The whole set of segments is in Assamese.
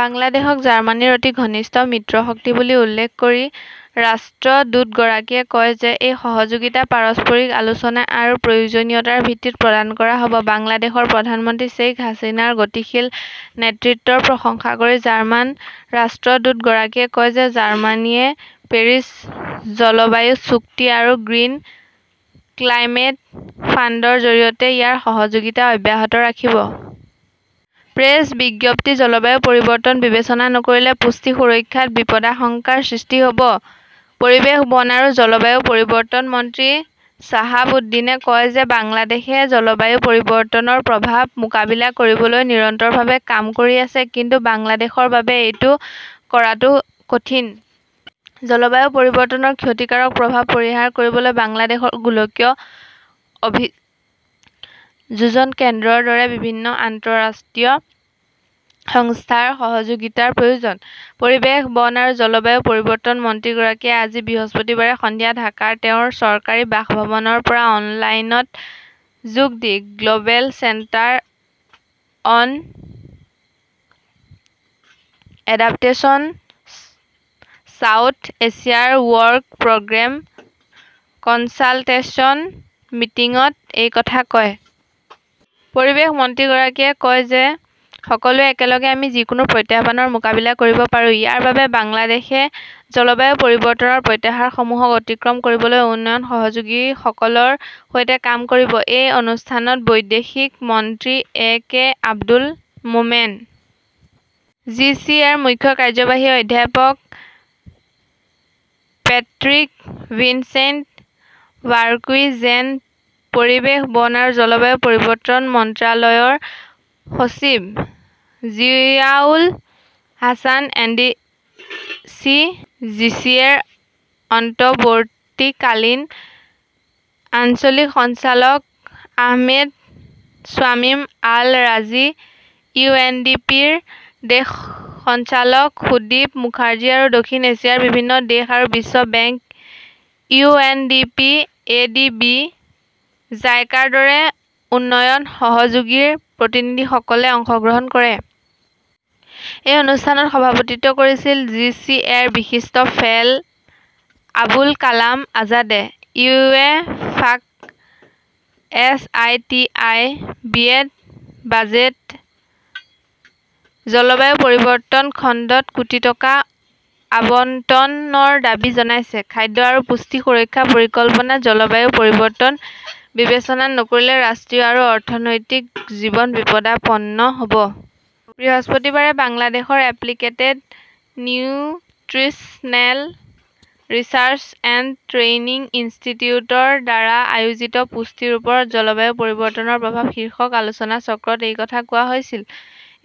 বাংলাদেশক জাৰ্মানীৰ অতি ঘনিষ্ঠ মিত্ৰশক্তি বুলি উল্লেখ কৰি ৰাষ্ট্ৰদূতগৰাকীয়ে কয় যে, এই সহযোগিতা পাৰস্পৰিক আলোচনা আৰু প্ৰয়োজনীয়তাৰ ভিত্তিত প্ৰদান কৰা হ'ব। বাংলাদেশৰ প্ৰধানমন্ত্ৰী শ্বেইখ হাছিনাৰ গতিশীল নেতৃত্বৰ প্ৰশংসা কৰি জাৰ্মান ৰাষ্ট্ৰদূতগৰাকীয়ে কয় যে, জাৰ্মানীয়ে পেৰিছ জলবায়ু চুক্তি আৰু গ্ৰীণ ক্লাইমেট ফাণ্ডৰ জৰিয়তে ইয়াৰ সহযোগিতা অব্যাহত ৰাখিব। প্ৰেছ বিজ্ঞপ্তি জলবায়ু পৰিৱৰ্তন বিবেচনা নকৰিলে পুষ্টি সুৰক্ষাত বিপদাশংকাৰ সৃষ্টি হ'ব। পৰিৱেশ, বন আৰু জলবায়ু পৰিৱৰ্তন মন্ত্ৰী শ্বাহাব উদ্দিনে কয় যে, বাংলাদেশে জলবায়ু পৰিৱৰ্তনৰ প্ৰভাৱ মোকাবিলা কৰিবলৈ নিৰন্তৰভাৱে কাম কৰি আছে। কিন্তু বাংলাদেশৰ বাবে এইটো কৰাটো কঠিন। জলবায়ু পৰিৱৰ্তনৰ ক্ষতিকাৰক প্ৰভাৱ পৰিহাৰ কৰিবলৈ বাংলাদেশৰ গোলকীয় অভিযোজন কেন্দ্ৰৰ দৰে বিভিন্ন আন্তঃৰাষ্ট্ৰীয় সংস্থাৰ সহযোগিতাৰ প্ৰয়োজন। পৰিৱেশ, বন আৰু জলবায়ু পৰিৱৰ্তন মন্ত্ৰীগৰাকীয়ে আজি বৃহস্পতিবাৰে সন্ধিয়া ঢাকাৰ তেওঁৰ চৰকাৰী বাসভৱনৰ পৰা অনলাইনত যোগ দি "Global Center on Adaptation South Asia work programme consultation মিটিং"ত এই কথা কয়। পৰিৱেশ মন্ত্ৰীগৰাকীয়ে কয় যে, সকলোৱে একেলগে আমি যিকোনো প্ৰত্যাহ্বানৰ মোকাবিলা কৰিব পাৰোঁ। ইয়াৰ বাবে বাংলাদেশে জলবায়ু পৰিৱৰ্তনৰ প্ৰত্যাহ্বানসমূহ অতিক্ৰম কৰিবলৈ উন্নয়ন সহযোগীসকলৰ সৈতে কাম কৰিব। এই অনুষ্ঠানত বৈদেশিক মন্ত্ৰী A K Abdul Momen, G C এৰ মুখ্য কাৰ্যবাহী অধ্যাপক পেট্ৰিক ভিনচেণ্ট ভাৰ্কুইজেন, পৰিৱেশ, বন আৰু জলবায়ু পৰিৱৰ্তন মন্ত্ৰালয়ৰ সচিব জিয়াউল হাছান এনডিচি, জিচিএৰ অন্তৱৰ্তীকালীন আঞ্চলিক সঞ্চালক আহমেদ শ্বামিম আল ৰাজী, ইউএনডিপিৰ দেশ সঞ্চালক সুদীপ মুখাৰ্জী আৰু দক্ষিণ এছিয়াৰ বিভিন্ন দেশ আৰু বিশ্ব bank, U N D P, A D B, জাইকাৰ দৰে উন্নয়ন সহযোগীৰ প্ৰতিনিধিসকলে অংশগ্ৰহণ কৰে। এই অনুষ্ঠানত সভাপতিত্ব কৰিছিল জি চি এৰ বিশিষ্ট ফেল' আবুল কালাম আজাদে। ইত্তেফাক/এছ আই টি আই বিয়েত বাজেটত জলবায়ু পৰিৱৰ্তন খণ্ডত কোটি টকা আবণ্টনৰ দাবী জনাইছে। খাদ্য আৰু পুষ্টি সুৰক্ষা পৰিকল্পনাত জলবায়ু পৰিৱৰ্তন বিবেচনা নকৰিলে ৰাষ্ট্ৰীয় আৰু অৰ্থনৈতিক জীৱন বিপদাপন্ন হ'ব। বৃহস্পতিবাৰে বাংলাদেশৰ applicated nutritional research and training ইনষ্টিটিউটৰ দ্বাৰা আয়োজিত "পুষ্টিৰ ওপৰত জলবায়ু পৰিৱৰ্তনৰ প্ৰভাৱ" শীৰ্ষক আলোচনাচক্ৰত এই কথা কোৱা হৈছিল।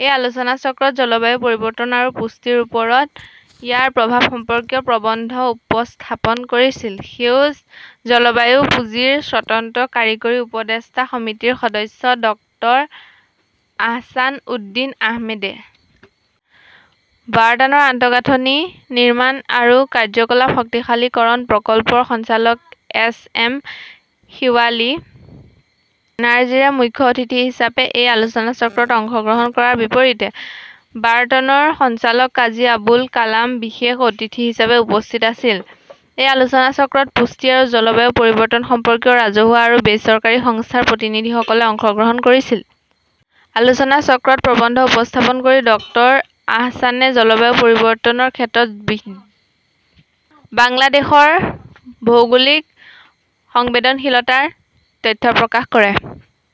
এই আলোচনাচক্ৰত জলবায়ু পৰিৱৰ্তন আৰু পুষ্টিৰ ওপৰত ইয়াৰ প্ৰভাৱ সম্পৰ্কীয় প্ৰবন্ধ উপস্থাপন কৰিছিল সেউজ জলবায়ু পুঁজিৰ স্বতন্ত্ৰ কাৰিকৰী উপদেষ্টা সমিতিৰ সদস্য ডক্টৰ আহছান উদ্দীন আহমেদে। বাৰ্টানৰ আন্তঃগাঁথনি নিৰ্মাণ আৰু কাৰ্যকলাপ শক্তিশালীকৰণ প্ৰকল্পৰ সঞ্চালক এছ এম শিৱলী নাৰ্জীৰে মুখ্য অতিথি হিচাপে এই আলোচনাচক্ৰত অংশগ্ৰহণ কৰাৰ বিপৰীতে বাৰ্টানৰ সঞ্চালক কাজী আবুল কালাম বিশেষ অতিথি হিচাপে উপস্থিত আছিল। এই আলোচনাচক্ৰত পুষ্টি আৰু জলবায়ু পৰিৱৰ্তন সম্পৰ্কীয় ৰাজহুৱা আৰু বেচৰকাৰী সংস্থাৰ প্ৰতিনিধিসকলে অংশগ্ৰহণ কৰিছিল। আলোচনাচক্ৰত প্ৰবন্ধ উপস্থাপন কৰি ডক্টৰ আহছানে জলবায়ু পৰিৱৰ্তনৰ ক্ষেত্ৰত বাংলাদেশৰ ভৌগোলিক সংবেদনশীলতাৰ তথ্য প্ৰকাশ কৰে।